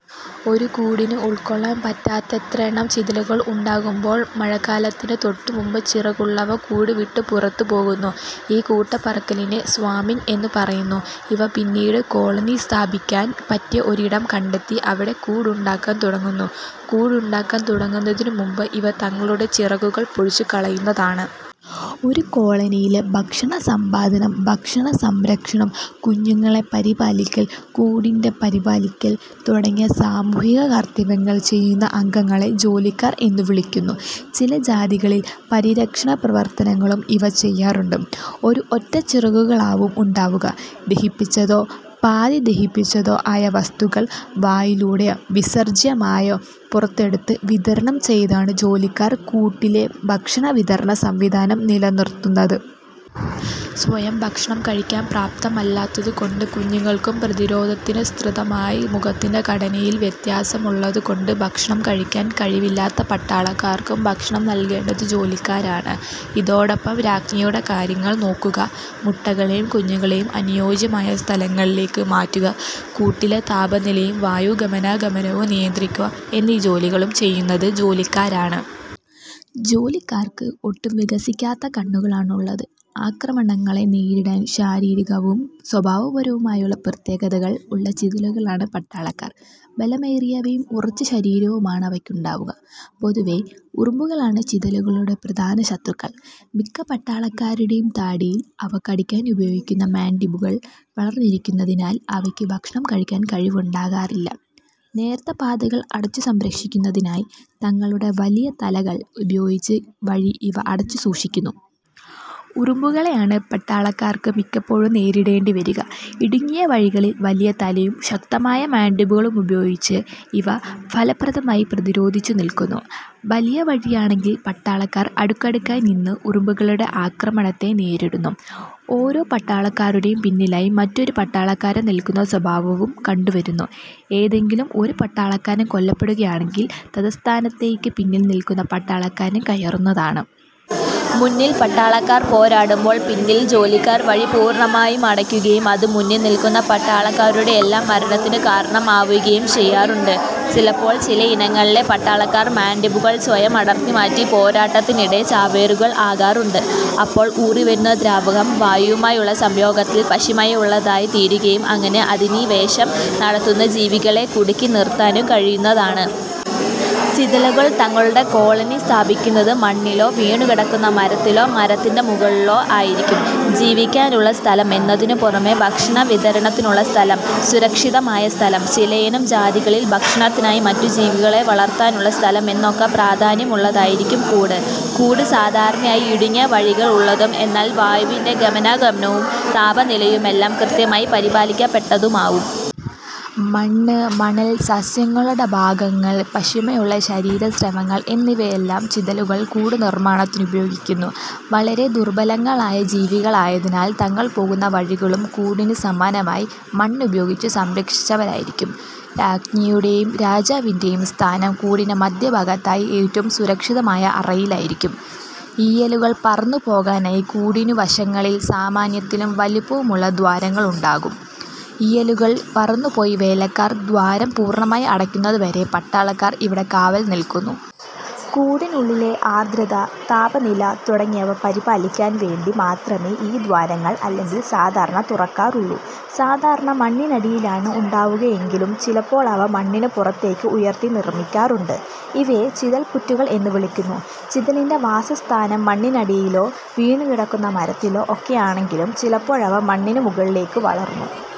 ഒരു കൂടിനു ഉൾക്കൊള്ളാൻ പറ്റാത്തത്രയെണ്ണം ചിതലുകൾ ഉണ്ടാകുമ്പോൾ മഴക്കാലത്തിനു തൊട്ടുമുമ്പ് ചിറകുള്ളവ കൂടുവിട്ടു പുറത്തു പോകുന്നു. ഈ കൂട്ടപ്പറക്കലിന് ''സ്വാമിങ്'' എന്നു പറയുന്നു. ഇവ പിന്നീട് കോളനി സ്ഥാപിക്കാൻ പറ്റിയ ഒരിടം കണ്ടെത്തി അവിടെ കൂടുണ്ടാക്കാൻ തുടങ്ങുന്നു. കൂടുണ്ടാക്കാൻ തുടങ്ങുന്നതിനു മുമ്പ് ഇവ തങ്ങളുടെ ചിറകുകൾ പൊഴിച്ചു കളയുന്നതാണ്. ഒരു കോളനിയിലെ ഭക്ഷണ സമ്പാദനം, ഭക്ഷണ സംരക്ഷണം, കുഞ്ഞുങ്ങളെ പരിപാലിക്കൽ, കൂടിന്റെ പരിപാലിക്കൽ തുടങ്ങിയ സാമൂഹിക കർത്തവ്യങ്ങൾ ചെയ്യുന്ന അംഗങ്ങളെ ജോലിക്കാർ എന്നു വിളിക്കുന്നു. ചില ജാതികളിൽ പരിരക്ഷണ പ്രവർത്തനങ്ങളും ഇവ ചെയ്യാറുണ്ട്. ഒരു ഒറ്റച്ചിറകുകളാവും ഉണ്ടാവുക. ദഹിപ്പിച്ചതോ പാതി ദഹിപ്പിച്ചതോ ആയ വസ്തുക്കൾ വായിലൂടെയോ വിസർജ്ജ്യമായോ പുറത്തെടുത്ത് വിതരണം ചെയ്താണ് ജോലിക്കാർ കൂട്ടിലെ ഭക്ഷണ വിതരണ സംവിധാനം നിലനിർത്തുന്നത്. സ്വയം ഭക്ഷണം കഴിക്കാൻ പ്രാപ്തമല്ലാത്തതുകൊണ്ട് കുഞ്ഞുങ്ങൾക്കും, പ്രതിരോധത്തിനനുസൃതമായി മുഖത്തിന്റെ ഘടനയിൽ വ്യത്യാസമുള്ളതുകൊണ്ട് ഭക്ഷണം കഴിക്കാൻ കഴിവില്ലാത്ത പട്ടാളക്കാർക്കും ഭക്ഷണം നൽകേണ്ടത് ജോലിക്കാരാണ്. ഇതോടൊപ്പം രാജ്ഞിയുടെ കാര്യങ്ങൾ നോക്കുക, മുട്ടകളേയും കുഞ്ഞുങ്ങളേയും അനുയോജ്യമായ സ്ഥലങ്ങളിലേയ്ക്ക് മാറ്റുക, കൂട്ടിലെ താപനിലയും വായൂ ഗമനാഗമനവും നിയന്ത്രിക്കുക എന്നീ ജോലികളും ചെയ്യുന്നത് ജോലിക്കാരാണ്. ജോലിക്കാർക്ക് ഒട്ടും വികസിക്കാത്ത കണ്ണുകളാണുള്ളത്. ആക്രമണങ്ങളെ നേരിടാൻ ശാരീരികവും സ്വഭാവപരവുമായ പ്രത്യേകതകൾ ഉള്ള ചിതലുകളാണ് പട്ടാളക്കാർ. ബലമേറിയവയും ഉറച്ചശരീരവുമാണിവയ്ക്കുണ്ടാവുക. പൊതുവേ ഉറുമ്പുകളാണ് ചിതലുകളുടെ പ്രധാന ശത്രുക്കൾ. മിക്ക പട്ടാളക്കാരുടേയും താടിയിൽ അവ കടിക്കാനുപയോഗിക്കുന്ന മാൻഡിബിളുകൾ വളർന്നിരിക്കുന്നതിനാൽ അവയ്ക്ക് ഭക്ഷണം കഴിയ്ക്കാൻ കഴിവുണ്ടാകാറില്ല. നേർത്ത പാതകൾ അടച്ചുസംരക്ഷിക്കുന്നതിനായി തങ്ങളുടെ വലിയ തലകൾ ഉപയോഗിച്ച് വഴി ഇവ അടച്ചു സൂക്ഷിക്കുന്നു. ഉറുമ്പുകളെയാണ് പട്ടാളക്കാർക്ക് മിക്കപ്പോഴും നേരിടേണ്ടിവരിക. ഇടുങ്ങിയ വഴികളിൽ വലിയ തലയും ശക്തമായ മാൻഡിബിളുകളുമുപയോഗിച്ച് ഇവ ഫലപ്രദമായി പ്രതിരോധിച്ചു നിൽക്കുന്നു. വലിയ വഴിയാണെങ്കിൽ പട്ടാളക്കാർ അടുക്കടുക്കായി നിന്ന് ഉറുമ്പുകളുടെ ആക്രമണത്തെ നേരിടുന്നു. ഓരോ പട്ടാളക്കാരുടെയും പിന്നിലായി മറ്റൊരു പട്ടാളക്കാരൻ നിൽക്കുന്ന സ്വഭാവവും കണ്ടു വരുന്നു. ഏതെങ്കിലും ഒരു പട്ടാളക്കാരൻ കൊല്ലപ്പെടുകയാണെങ്കിൽ തത്സ്ഥാനത്തേയ്ക്ക് പിന്നിൽ നിൽക്കുന്ന പട്ടാളക്കാരൻ കയറുന്നതാണ്. മുന്നിൽ പട്ടാളക്കാർ പോരാടുമ്പോൾ പിന്നിൽ ജോലിക്കാർ വഴി പൂർണ്ണമായും അടയ്ക്കുകയും അത് മുന്നിൽ നിൽക്കുന്ന പട്ടാളക്കാരുടെയെല്ലാം മരണത്തിനു കാരണമാവുകയും ചെയ്യാറുണ്ട്. ചിലപ്പോൾ ചിലയിനങ്ങളിലെ പട്ടാളക്കാർ മാൻഡിബിളുകൾ സ്വയം അടർത്തിമാറ്റി പോരാട്ടത്തിനിടെ ചാവേറുകൾ ആകാറുണ്ട്. അപ്പോൾ ഊറിവരുന്ന ദ്രാവകം വായുവുമായുള്ള സംയോഗത്താൽ പശിമയുള്ളതായി തീരുകയും അങ്ങനെ അധിനിവേശം നടത്തുന്ന ജീവികളെ കുടുക്കി നിർത്താനും കഴിയുന്നതാണ്. ചിതലുകൾ തങ്ങളുടെ കോളനി സ്ഥാപിക്കുന്നത്, മണ്ണിലോ, വീണുകിടക്കുന്ന മരത്തിലോ, മരത്തിന്റെ മുകളിലോ ആയിരിക്കും. ജീവിക്കാനുള്ള സ്ഥലം എന്നതിനു പുറമേ ഭക്ഷണവിതരണത്തിനുള്ള സ്ഥലം, സുരക്ഷിതമായ സ്ഥലം, ചിലയിനം ജാതികളിൽ ഭക്ഷണത്തിനായി മറ്റു ജീവികളെ വളർത്താനുള്ള സ്ഥലം എന്നൊക്കെ പ്രാധാന്യമുള്ളതായിരിക്കും കൂട്. കൂട് സാധാരണയായി ഇടുങ്ങിയ വഴികൾ ഉള്ളതും എന്നാൽ വായുവിന്റെ ഗമനാഗമനവും താപനിലയുമെല്ലാം കൃത്യമായി പരിപാലിക്കപ്പെട്ടതുമാവും. മണ്ണ്, മണൽ, സസ്യങ്ങളുടെ ഭാഗങ്ങൾ, പശിമയുള്ള ശരീരസ്രവങ്ങൾ എന്നിവയെല്ലാം ചിതലുകൾ കൂടുനിർമ്മാണത്തിനുപയോഗിക്കുന്നു. വളരെ ദുർബലങ്ങളായ ജീവികളായതിനാൽ തങ്ങൾ പോകുന്ന വഴികളും കൂടിനു സമാനമായി മണ്ണുപയോഗിച്ച് സംരക്ഷിച്ചവയായിരിക്കും. രാജ്ഞിയുടേയും രാജാവിന്റെയും സ്ഥാനം കൂടിന്റെ മദ്ധ്യഭാഗത്തായി ഏറ്റവും സുരക്ഷിതമായ അറയിലായിരിക്കും. ഈയലുകൾ പറന്നു പോകാനായി കൂടിനുവശങ്ങളിൽ സാമാന്യത്തിലും വലിപ്പമുള്ള ദ്വാരങ്ങളുണ്ടാകും, ഈയലുകൾ പറന്നു പോയി വേലക്കാർ ദ്വാരം പൂർണ്ണമായി അടയ്ക്കുന്നതുവരെ പട്ടാളക്കാർ ഇവിടെ കാവൽ നിൽക്കുന്നു. കൂടിനുള്ളിലെ ആർദ്രത, താപനില തുടങ്ങിയവ പരിപാലിക്കാൻ വേണ്ടി മാത്രമേ ഈ ദ്വാരങ്ങൾ അല്ലെങ്കിൽ സാധാരണ തുറക്കാറുള്ളു. സാധാരണ മണ്ണിനടിയിലാണ് ഉണ്ടാവുകയെങ്കിലും ചിലപ്പോളവ മണ്ണിനു പുറത്തെയ്ക്ക് ഉയർത്തി നിർമ്മിക്കാറുണ്ട്. ഇവയെ ചിതൽ പുറ്റുകൾ എന്നു വിളിക്കുന്നു. ചിതലിന്റെ വാസസ്ഥാനം മണ്ണിനടിയിലോ വീണുകിടക്കുന്ന മരത്തിലോ ഒക്കെയാണെങ്കിലും ചിലപ്പോഴവ മണ്ണിനു മുകളിലേയ്ക്ക് വളർന്നു